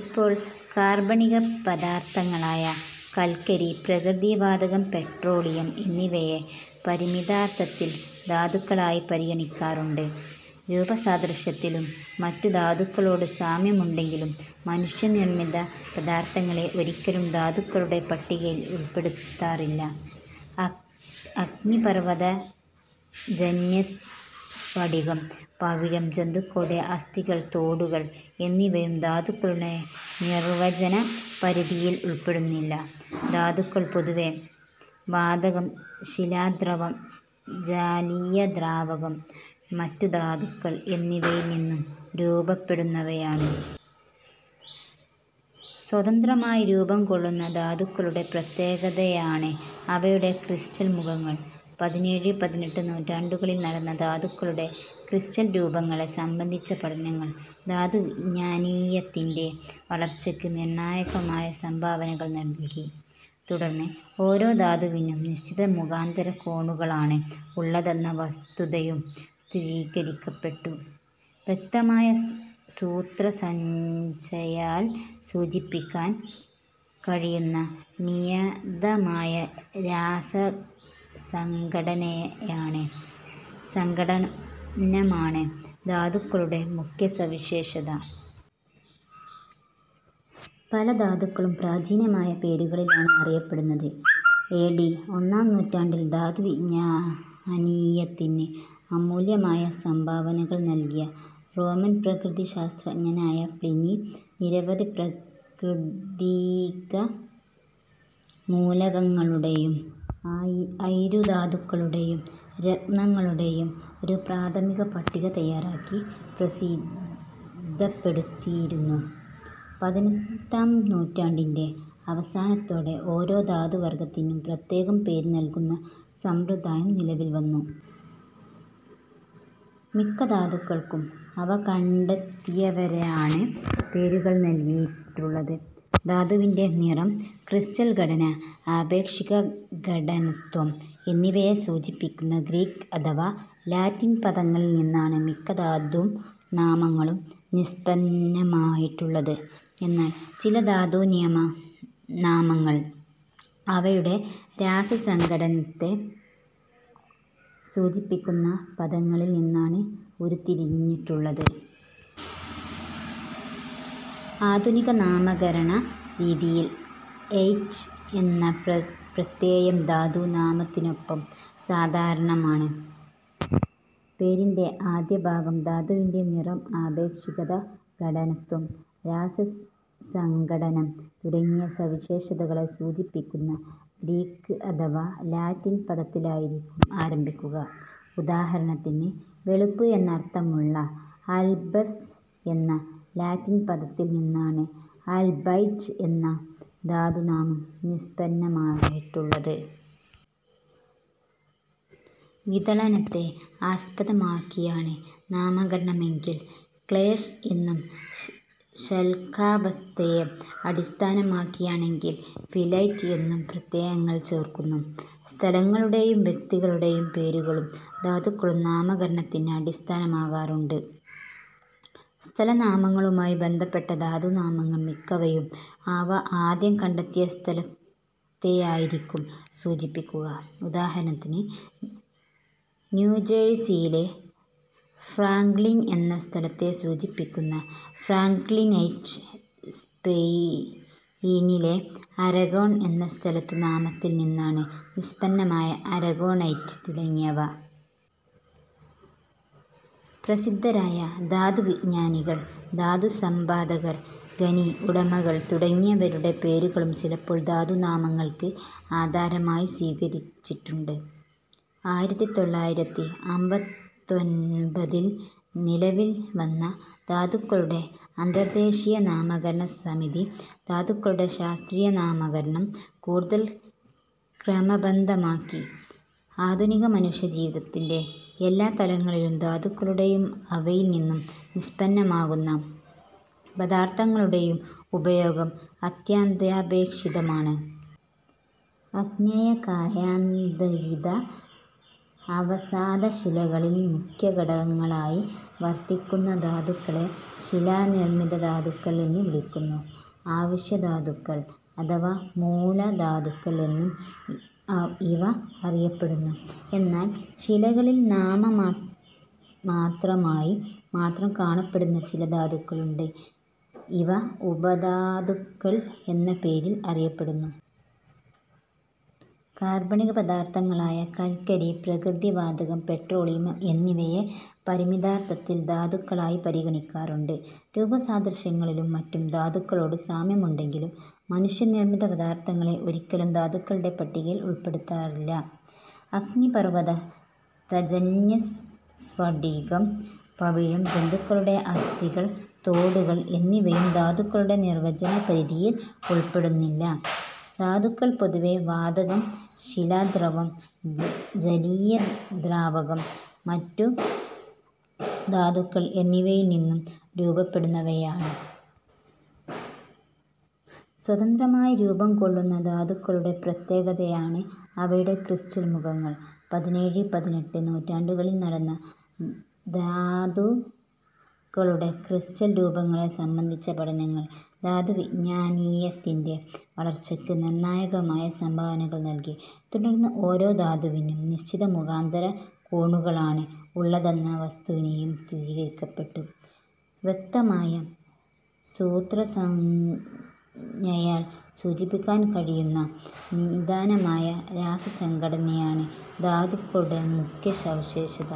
ഇപ്പോൾ കാർബണിക പദാർത്ഥങ്ങളായ കൽക്കരി, പ്രകൃതിവാതകം, പെട്രോളിയം എന്നിവയെ പരിമിതാർത്ഥത്തിൽ ധാതുക്കളായി പരിഗണിക്കാറുണ്ട്. രൂപസാദൃശ്യത്തിലും മറ്റും ധാതുക്കളോട് സാമ്യമുണ്ടെങ്കിലും മനുഷ്യ നിർമ്മിത പദാർത്ഥങ്ങളെ ഒരിക്കലും ധാതുക്കളുടെ പട്ടികയിൽ ഉൾപ്പെടുത്താറില്ല. അഗ്നിപർവ്വതജന്യ സ്ഫടികം, പവിഴം, ജന്തുക്കളുടെ അസ്ഥികൾ, തോടുകൾ എന്നിവയും ധാതുക്കളുടെ നിർവചന പരിധിയിൽ ഉൾപ്പെടുന്നില്ല. ധാതുക്കൾ പൊതുവേ വാതകം, ശിലാദ്രവം, ജാലീയ ദ്രാവകം, മറ്റു ധാതുക്കൾ എന്നിവയിൽ നിന്ന് രൂപപ്പെടുന്നവയാണ്. സ്വതന്ത്രമായി രൂപംകൊള്ളുന്ന ധാതുക്കളുടെ പ്രത്യേകതയാണ് അവയുടെ ക്രിസ്റ്റൽ മുഖങ്ങൾ. പതിനേഴ്, പതിനെട്ട് നൂറ്റാണ്ടുകളിൽ നടന്ന ധാതുക്കളുടെ ക്രിസ്റ്റൽ രൂപങ്ങളെ സംബന്ധിച്ച പഠനങ്ങൾ ധാതുവിജ്ഞാനീയത്തിൻ്റെ വളർച്ചയ്ക്ക് നിർണായകമായ സംഭാവനകൾ നൽകി. തുടർന്ന് ഓരോ ധാതുവിനും നിശ്ചിത മുഖാന്തര കോണുകളാണ് ഉള്ളതെന്ന വസ്തുതയും സ്ഥിരീകരിക്കപ്പെട്ടു. വ്യക്തമായ സൂത്രസംജ്ഞയാൽ സൂചിപ്പിക്കാൻ കഴിയുന്ന നിയതമായ രാസസംഘടനയാണ് സംഘടനമാണ് സംഘടനാധാതുക്കളുടെ മുഖ്യ സവിശേഷത. പല ധാതുക്കളും പ്രാചീനമായ പേരുകളിലാണ് അറിയപ്പെടുന്നത്. എ. ഡി. ഒന്നാം നൂറ്റാണ്ടിൽ ധാതുവിജ്ഞാനീയത്തിന് അമൂല്യമായ സംഭാവനകൾ നൽകിയ റോമൻ പ്രകൃതി ശാസ്ത്രജ്ഞനായ പ്ലിനി നിരവധി പ്രകൃതിക മൂലകങ്ങളുടെയും അയിരു ധാതുക്കളുടെയും രത്നങ്ങളുടെയും ഒരു പ്രാഥമിക പട്ടിക തയ്യാറാക്കി പ്രസിദ്ധപ്പെടുത്തിയിരുന്നു. പതിനെട്ടാം നൂറ്റാണ്ടിൻ്റെ അവസാനത്തോടെ ഓരോ ധാതുവർഗ്ഗത്തിനും പ്രത്യേകം പേര് നൽകുന്ന സമ്പ്രദായം നിലവിൽവന്നു. മിക്ക ധാതുക്കൾക്കും അവ കണ്ടെത്തിയവരാണ് പേരുകൾ നൽകിയിട്ടുള്ളത്. ധാതുവിൻ്റെ നിറം, ക്രിസ്റ്റൽ ഘടന, ആപേക്ഷിക ഘടനത്വം എന്നിവയെ സൂചിപ്പിക്കുന്ന ഗ്രീക്ക് അഥവാ ലാറ്റിൻ പദങ്ങളിൽ നിന്നാണ് മിക്ക ധാതു നിയമ നാമങ്ങളും നിഷ്പന്നമായിട്ടുള്ളത്. എന്നാൽ ചില ധാതു നാമങ്ങൾ അവയുടെ രാസസംഘടനത്തെ സൂചിപ്പിക്കുന്ന പദങ്ങളിൽ നിന്നാണ് ഉരുത്തിരിഞ്ഞിട്ടുള്ളത്. ആധുനിക നാമകരണ രീതിയിൽ 'ഐറ്റ്' എന്ന പ്രത്യയം ധാതു നാമത്തിനൊപ്പം സാധാരണമാണ്. പേരിൻ്റെ ആദ്യഭാഗം ധാതുവിൻ്റെ നിറം, ആപേക്ഷിക ഘനത്വം, രാസസംഘടനം തുടങ്ങിയ സവിശേഷതകളെ സൂചിപ്പിക്കുന്ന ഗ്രീക്ക് അഥവാ ലാറ്റിൻ പദത്തിലായിരിക്കും ആരംഭിക്കുക. ഉദാഹരണത്തിന്, വെളുപ്പ് എന്നർത്ഥമുള്ള 'ആൽബസ്' എന്ന ലാറ്റിൻ പദത്തിൽ നിന്നാണ് 'അൽബൈറ്റ്' എന്ന ധാതു നാമം നിഷ്പന്നമായിട്ടുള്ളത്. വിദളനത്തെ ആസ്പദമാക്കിയാണ് നാമകരണമെങ്കിൽ 'ക്ലേസ്' എന്നും, ശല്കാവസ്ഥയെ അടിസ്ഥാനമാക്കിയാണെങ്കിൽ 'ഫിലൈറ്റ്' എന്നും പ്രത്യയങ്ങൾ ചേർക്കുന്നു. സ്ഥലങ്ങളുടെയും വ്യക്തികളുടെയും പേരുകളും ധാതുക്കളുടെ നാമകരണത്തിന് അടിസ്ഥാനമാക്കാറുണ്ട്. സ്ഥല നാമങ്ങളുമായി ബന്ധപ്പെട്ട ധാതു നാമങ്ങൾ മിക്കവയും അവ ആദ്യം കണ്ടെത്തിയ സ്ഥലത്തെയായിരിക്കും സൂചിപ്പിക്കുക. ഉദാഹരണത്തിന്, ന്യൂജേഴ്സിയിലെ ഫ്രാങ്ക്‌ളിൻ എന്ന സ്ഥലത്തെ സൂചിപ്പിക്കുന്ന ഫ്രാങ്ക്‌ളിനൈറ്റ്, സ്പെയിനിലെ അരഗൊൺ എന്ന സ്ഥല നാമത്തിൽ നിന്നാണ് നിഷ്പന്നമായ അരഗൊണൈറ്റ് തുടങ്ങിയവ. പ്രസിദ്ധരായ ധാതുവിജ്ഞാനികൾ, ധാതു സമ്പാദകർ, ഖനി ഉടമകൾ തുടങ്ങിയവരുടെ പേരുകളും ചിലപ്പോൾ ധാതു നാമങ്ങൾക്ക് ആധാരമായി സ്വീകരിച്ചിട്ടുണ്ട്. ആയിരത്തി തൊള്ളായിരത്തി അമ്പത്തൊൻപതിൽ നിലവിൽ വന്ന ധാതുക്കളുടെ അന്തർദേശീയ നാമകരണ സമിതി ധാതുക്കളുടെ ശാസ്ത്രീയ നാമകരണം കൂടുതൽ ക്രമബദ്ധമാക്കി. ആധുനിക മനുഷ്യജീവിതത്തിൻ്റെ എല്ലാ തലങ്ങളിലും ധാതുക്കളുടെയും അവയിൽ നിന്ന് നിഷ്പന്നമാകുന്ന പദാർത്ഥങ്ങളുടെയും ഉപയോഗം അത്യന്താപേക്ഷിതമാണ്. അഗ്നേയ, കായാന്തരിത, അവസാദ ശിലകളിൽ മുഖ്യ ഘടകങ്ങളായി വർത്തിക്കുന്ന ധാതുക്കളെ ശിലാനിർമ്മിത ധാതുക്കൾ എന്ന് വിളിക്കുന്നു. അവശ്യ ധാതുക്കൾ അഥവാ മൂല ധാതുക്കൾ എന്നും ഇവ അറിയപ്പെടുന്നു. എന്നാൽ ശിലകളിൽ നാമമാത്രമായി മാത്രം കാണപ്പെടുന്ന ചില ധാതുക്കളുണ്ട്. ഇവ ഉപ ധാതുക്കൾ എന്ന പേരിൽ അറിയപ്പെടുന്നു. കാർബണിക പദാർത്ഥങ്ങളായ കൽക്കരി, പ്രകൃതിവാതകം, പെട്രോളിയം എന്നിവയെ പരിമിതാർത്ഥത്തിൽ ധാതുക്കളായി പരിഗണിക്കാറുണ്ട്. രൂപസാദൃശ്യങ്ങളിലും മറ്റും ധാതുക്കളോട് സാമ്യമുണ്ടെങ്കിലും മനുഷ്യ നിർമ്മിത പദാർത്ഥങ്ങളെ ഒരിക്കലും ധാതുക്കളുടെ പട്ടികയിൽ ഉൾപ്പെടുത്താറില്ല. അഗ്നിപർവ്വതജന്യ സ്ഫടികം, പവിഴം, ജന്തുക്കളുടെ അസ്ഥികൾ, തോടുകൾ എന്നിവയും ധാതുക്കളുടെ നിർവചന പരിധിയിൽ ഉൾപ്പെടുന്നില്ല. ധാതുക്കൾ പൊതുവേ വാതകം, ശിലാദ്രവം, ജലീയ ദ്രാവകം, മറ്റു ധാതുക്കൾ എന്നിവയിൽ നിന്ന് രൂപപ്പെടുന്നവയാണ്. സ്വതന്ത്രമായി രൂപംകൊള്ളുന്ന ധാതുക്കളുടെ പ്രത്യേകതയാണ് അവയുടെ ക്രിസ്റ്റൽ മുഖങ്ങൾ. പതിനേഴ്, പതിനെട്ട് നൂറ്റാണ്ടുകളിൽ നടന്ന ധാതുക്കളുടെ ക്രിസ്റ്റൽ രൂപങ്ങളെ സംബന്ധിച്ച പഠനങ്ങൾ ധാതുവിജ്ഞാനീയത്തിൻ്റെ വളർച്ചയ്ക്ക് നിർണായകമായ സംഭാവനകൾ നൽകി. തുടർന്ന് ഓരോ ധാതുവിനും നിശ്ചിത മുഖാന്തര കോണുകളാണ് ഉള്ളതെന്ന വസ്തുതയും സ്ഥിരീകരിക്കപ്പെട്ടു. വ്യക്തമായ സൂത്രസംജ്ഞയാൽ സൂചിപ്പിക്കാൻ കഴിയുന്ന നിതാനമായ രാസസംഘടനമാണ് ധാതുക്കളുടെ മുഖ്യ സവിശേഷത.